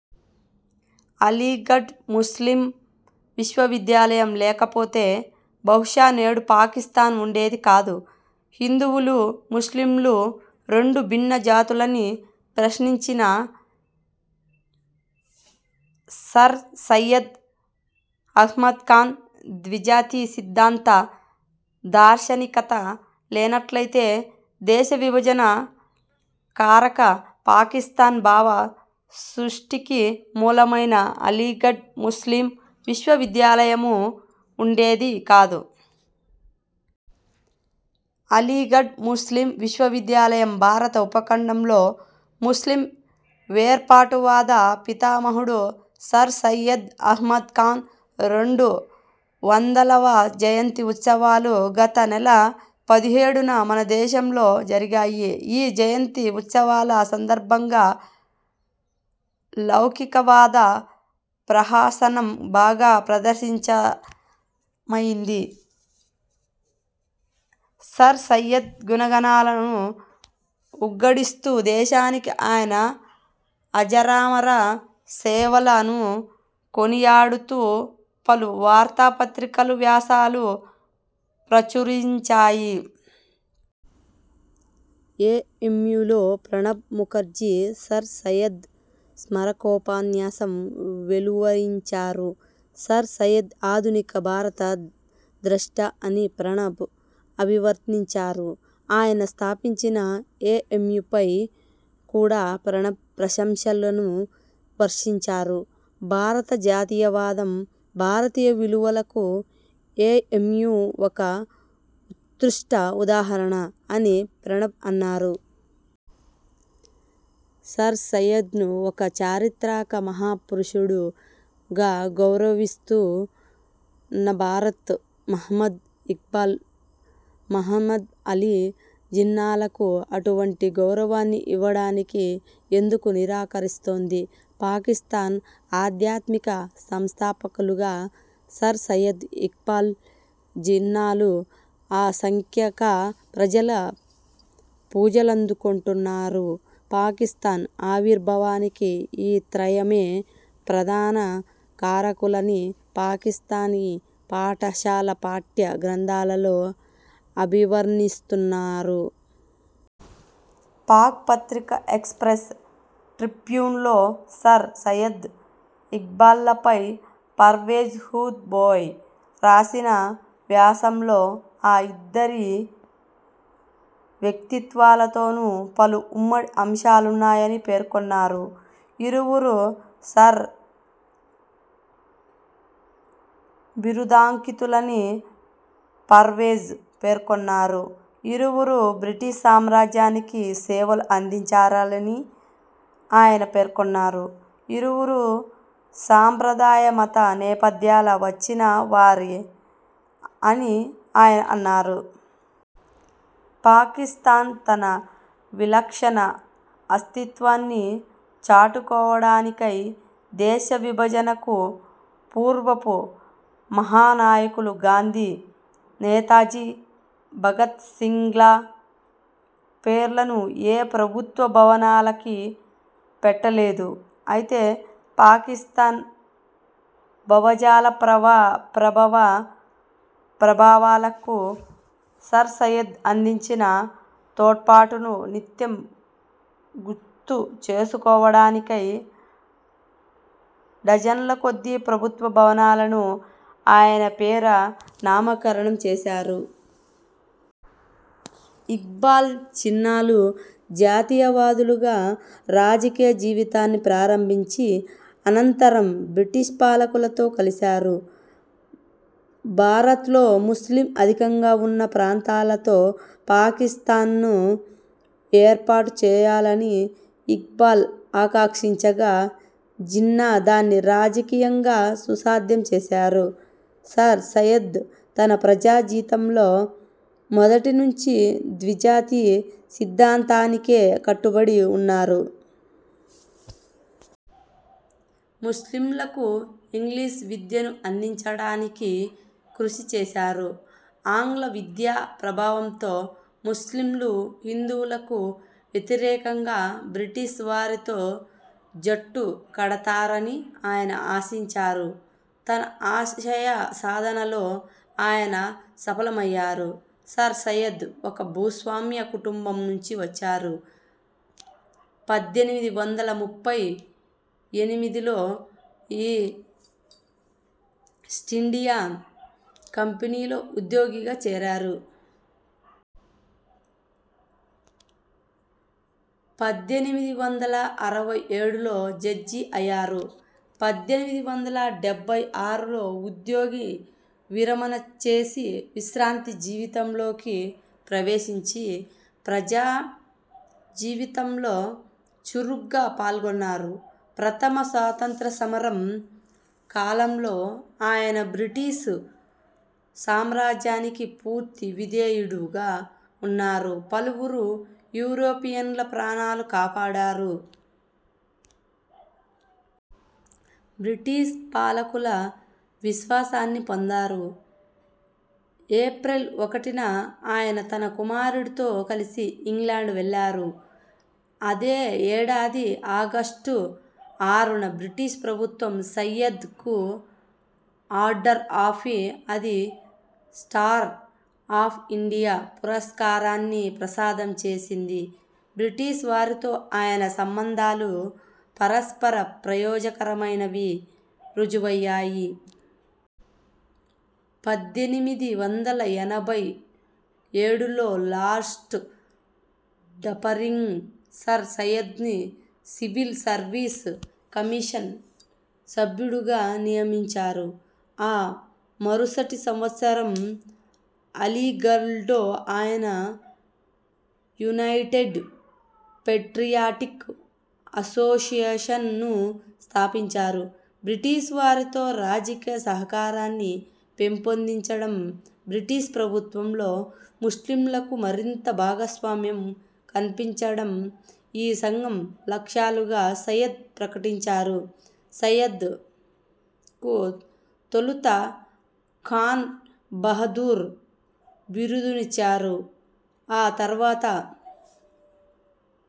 Aligarh Muslim విశ్వవిద్యాలయం లేకపోతే, బహుశా, నేడు పాకిస్థాన్ వుండేది కాదు. హిందువులు, ముస్లింలు రెండు భిన్న జాతులని ప్రశ్నించిన సర్ సయ్యద్ అహ్మద్ఖాన్ ద్విజాతి సిద్ధాంత 'దార్శనికత' లేనట్లయితే, దేశ విభజన కారక, పాకిస్థాన్ భావ సృష్టికి మూలమైన అలీగఢ్ ముస్లిమ్ విశ్వవిద్యాలయమూ వుండేది కాదు. అలీగఢ్ ముస్లిమ్ విశ్వవిద్యాలయం, భారత ఉపఖండంలో ముస్లిమ్ వేర్పాటువాద పితామహుడు సర్ సయ్యద్ అహ్మద్ ఖాన్ రెండు వందలవ జయంతి ఉత్సవాలు గత నెల పదిహేడున మనదేశంలో జరిగాయి. ఈ జయంతి ఉత్సవాల సందర్భంగా 'లౌకికవాద' ప్రహాసనం బాగా ప్రదర్శించమయింది. సర్ సయ్యద్ 'గుణగణాల'ను ఉగ్గడిస్తూ, దేశానికి ఆయన అజరామర 'సేవల'ను కొనియాడుతూ పలు వార్తాపత్రికలు వ్యాసాలు ప్రచురించాయి. ఏఎమ్యూలో ప్రణబ్ ముఖర్జీ సర్ సయ్యద్ స్మారకోపన్యాసం వెలువరించారు. సర్ సయ్యద్ 'ఆధునిక భారత ద్రష్ట' అని ప్రణబ్ అభివర్ణించారు. ఆయన స్థాపించిన ఏఎమ్యూపై కూడా ప్రణబ్ ప్రశంసలను వర్షించారు. 'భారత జాతీయవాదం, భారతీయ విలువల'కు ఏఎమ్యూ ఒక ఉత్కృష్ట ఉదాహరణ' అని ప్రణబ్ అన్నారు. సర్ సయ్యద్ను ఒక 'చారిత్రక మహా పురుషుడు'గా గౌరవిస్తున్న భారత్ ముహమ్మద్ ఇక్బాల్, మహమ్మద్ అలీ జిన్నాలకు అటువంటి గౌరవాన్ని ఇవ్వడానికి ఎందుకు నిరాకరిస్తోంది? పాకిస్థాన్ ఆధ్యాత్మిక సంస్థాపకులుగా సర్ సయ్యద్, ఇక్బాల్, జిన్నాలు అసంఖ్యాక ప్రజల పూజలందుకొంటున్నారు. పాకిస్థాన్ ఆవిర్భావానికి ఈ త్రయమే ప్రధాన కారకులని పాకిస్థానీ పాఠశాల పాఠ్య గ్రంథాలలో అభివర్ణిస్తున్నారు. పాక్ పత్రిక 'ఎక్సప్రెస్ ట్రిబ్యూన్'లో సర్ సయ్యద్, ఇక్బాల్ల పై పర్వేజ్ హూద్ బోయ్ రాసిన వ్యాసంలో ఆ ఇద్దరి వ్యక్తిత్వాలతోను పలు ఉమ్మడి అంశాలున్నాయని పేర్కొన్నారు. ఇరువురూ సర్ బిరుదాంకితులని పర్వేజ్ పేర్కొన్నారు. ఇరువురూ బ్రిటిష్ సామ్రాజ్యానికి సేవలు అందించారలని ఆయన పేర్కొన్నారు. ఇరువురూ సంప్రదాయ మత నేపథ్యాల వచ్చిన వారే అని ఆయన అన్నారు. పాకిస్థాన్ తన విలక్షణ అస్తిత్వాన్ని చాటుకోవడానికై దేశ విభజనకు పూర్వపు మహానాయకులు గాంధీ, నేతాజీ, భగత్ సింగ్ల పేర్లను ఏ ప్రభుత్వ భవనాలకీ పెట్టలేదు. అయితే పాకిస్థాన్ భవజాల ప్రభ ప్రభవ ప్రాభావాలకు సర్ సయ్యద్ అందించిన తోడ్పాటును నిత్యం గుర్తుచేసుకోవడానికై డజన్లకొద్దీ ప్రభుత్వ భవనాలను ఆయనపేర నామకరణం చేశారు. ఇక్బాల్, జిన్నాలు జాతీయవాదులుగా రాజకీయ జీవితాన్ని ప్రారంభించి, అనంతరం బ్రిటిష్పాలకులతో కలిశారు. భారత్లో ముస్లిం అధికంగా వున్న ప్రాంతాలతో పాకిస్థాన్ను ఏర్పాటుచేయాలని ఇక్బాల్ ఆకాక్షించగా జిన్నా దాన్ని రాజకీయంగా సుసాధ్యం చేశారు. సర్ సయ్యద్ తన ప్రజా జీతంలో మొదటినుంచీ ద్విజాతి సిద్ధాంతానికే కట్టుబడి వున్నారు. ముస్లింలకు ఇంగ్లీష్ విద్యను అందించడానికి కృషి చేశారు. ఆంగ్ల విద్యా ప్రభావంతో ముస్లింలు హిందువులకు వ్యతిరేకంగా బ్రిటిష్ వారితో జట్టు కడతారని ఆయన ఆశించారు. తన ఆశయసాధనలో ఆయన సఫలమయ్యారు. సర్ సయ్యద్ ఒక భూస్వామ్య కుటుంబం నుంచి వచ్చారు. పద్దెనిమిది వందల ముప్పై ఎనిమిదిలో ఈస్టిండియా కంపెనీలో ఉద్యోగిగా చేరారు. పద్దెనిమిది వందల అరవై ఏడులో జడ్జి అయ్యారు. పద్దెనిమిది వందల డెబ్బై ఆరులో ఉద్యోగివిరమణ చేసి విశ్రాంతి జీవితంలోకి ప్రవేశించి ప్రజా జీవితంలో చురుగ్గా పాల్గొన్నారు. ప్రథమ స్వాతంత్ర సమరం కాలంలో ఆయన బ్రిటిష్ సామ్రాజ్యానికి పూర్తి విధేయుడుగా వున్నారు. పలువురు యూరోపియన్ల ప్రాణాలు కాపాడారు. బ్రిటిష్ పాలకుల విశ్వాసాన్ని పొందారు. ఏప్రిల్ ఒకటిన ఆయన తన కుమారుడితో కలిసి ఇంగ్లాండ్ వెళ్ళారు. అదే ఏడాది ఆగస్టుఆరున బ్రిటిష్ ప్రభుత్వం సయ్యద్ కు 'ఆర్డర్ ఆఫీ అది స్టార్ ఆఫ్ ఇండియా' పురస్కారాన్ని ప్రసాదం చేసింది. బ్రిటిష్ వారితో ఆయన సంబంధాలు పరస్పర ప్రయోజనకరమైనవని రుజువయ్యాయి. పద్దెనిమిది వందల ఎనభై ఏడులో లాస్ట్ ఢఫరిన్ సర్ సయ్యద్ని సివిల్ సర్వీస్ కమిషన్ సభ్యుడుగా నియమించారు. ఆ మరుసటి సంవ త్సరం అలీగఢ్లో ఆయన 'యునైటెడ్ పెట్రియాటిక్ అసోసియేషన్'ను స్థాపించారు. బ్రిటిష్ వారితో రాజకీయ సహకారాన్ని పెంపొందించడం, బ్రిటిష్ ప్రభుత్వంలో ముస్లింలకు మరింత భాగస్వామ్యం కల్పించడం ఈ సంఘం లక్ష్యాలుగా సయ్యద్ ప్రకటించారు. సయ్యద్ ఓ తొలుత 'ఖాన్ బహదూర్' బిరుదునిచ్చారు. ఆ తరవాత